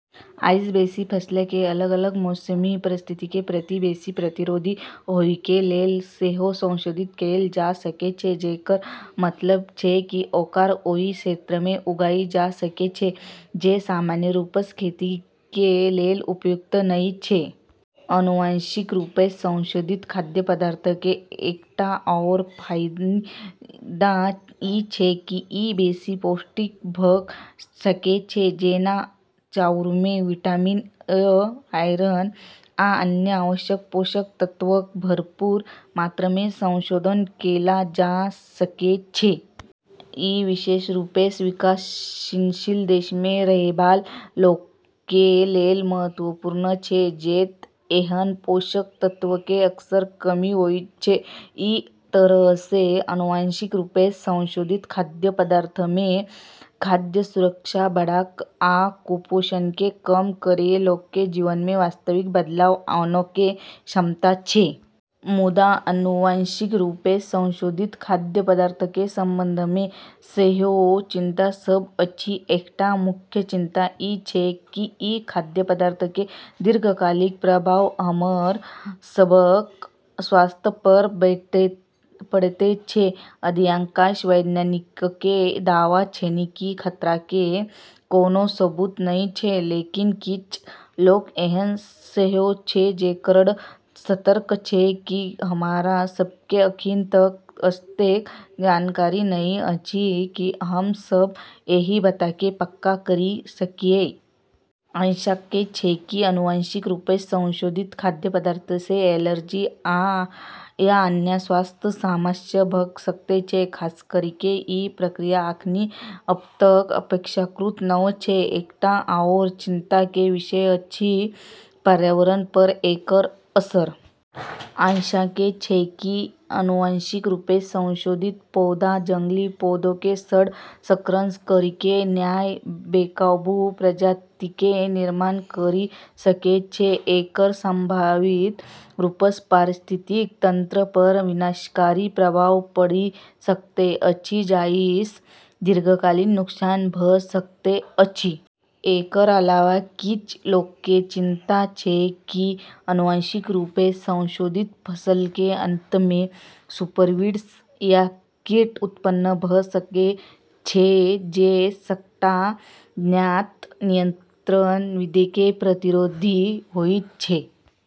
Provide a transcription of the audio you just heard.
अइसँ बेशी, फसलके अलग-अलग मौसमी परिस्थितिके प्रति बेशी प्रतिरोधी होइके लेल सेहो संशोधित कैल जा सकै छै, जेकर मतलब छै कि ओकरा ओइ क्षेत्रमे उगाइल जा सकै छै जे सामान्य रूपसँ खेतीके लेल उपयुक्त नहि छै। आनुवंशिक रूपसँ संशोधित खाद्य पदार्थके एकटा आओर फाइदा ई छै कि ई बेशी पौष्टिक भ' सकै छै। जेना चाउरमे विटामिन ए, आयरन आ अन्य आवश्यक पोषक तत्वक भरपूर मात्रामे संशोधन कैल जा सकै छै। ई विशेष रूपसँ विकासशील देशमे रहैबला लोकके लेल महत्वपूर्ण छै, जत' ऐहन पोषक तत्वके अक्सर कमी होइत छै। अइ तरहसँ आनुवंशिक रूपसँ संशोधित खाद्य पदार्थमे खाद्य सुरक्षा बढ़ा क' आ कुपोषणके कम करि लोकके जीवनमे वास्तविक बदलाव आनैके क्षमता छै। मुदा, आनुवंशिक रूपसँ संशोधित खाद्य पदार्थक संबंधमे सेहो चिंता सब अछि। एकटा मुख्य चिंता ई छै कि ई खाद्य पदार्थके दीर्घकालिक प्रभाव हमर सबहक स्वास्थ्य पर पड़ैत छै। अधिकांश वैज्ञानिकके दावा छनि कि खतराके कोनो सबूत नहि छै, लेकिन किछ लोक एहन सेहो छै जेकरऽ तर्क छै कि हमरा सबके अखनि तक अतेक जानकारी नहि अछि कि हमसब एहि बातके पक्का करि सकियै। आशंका छै कि आनुवंशिक रूपसँ संशोधित खाद्य पदार्थसँ एलर्जी या अन्य स्वास्थ्य समस्या भ' सकैत छै, खासकरिके ई प्रक्रिया अखनि तक अपेक्षाकृत नव छै। एकटा आओर चिंताके विषय अछि पर्यावरण पर एकर असर। आशंका छै कि आनुवंशिक रूपसँ संशोधित पौधा जंगली पौधाके सङ्ग संकरन करिके नया, बेकाबू प्रजातिके निर्माण करि सकै छै। एकर संभावित रूपसँ पारिस्थितिकी तंत्र पर विनाशकारी प्रभाव पड़ि सकैत अछि, जाहिसँ दीर्घकालिक नुकसान भ' सकैत अछि। एकर अलावा, किछ लोकके चिंता छै कि आनुवंशिक रूपसँ संशोधित फसलके अंतमे सुपरवीड्स या कीट उत्पन्न भ' सकै छै जे सबटा ज्ञात नियंत्रण विधिके प्रतिरोधी होइत छै।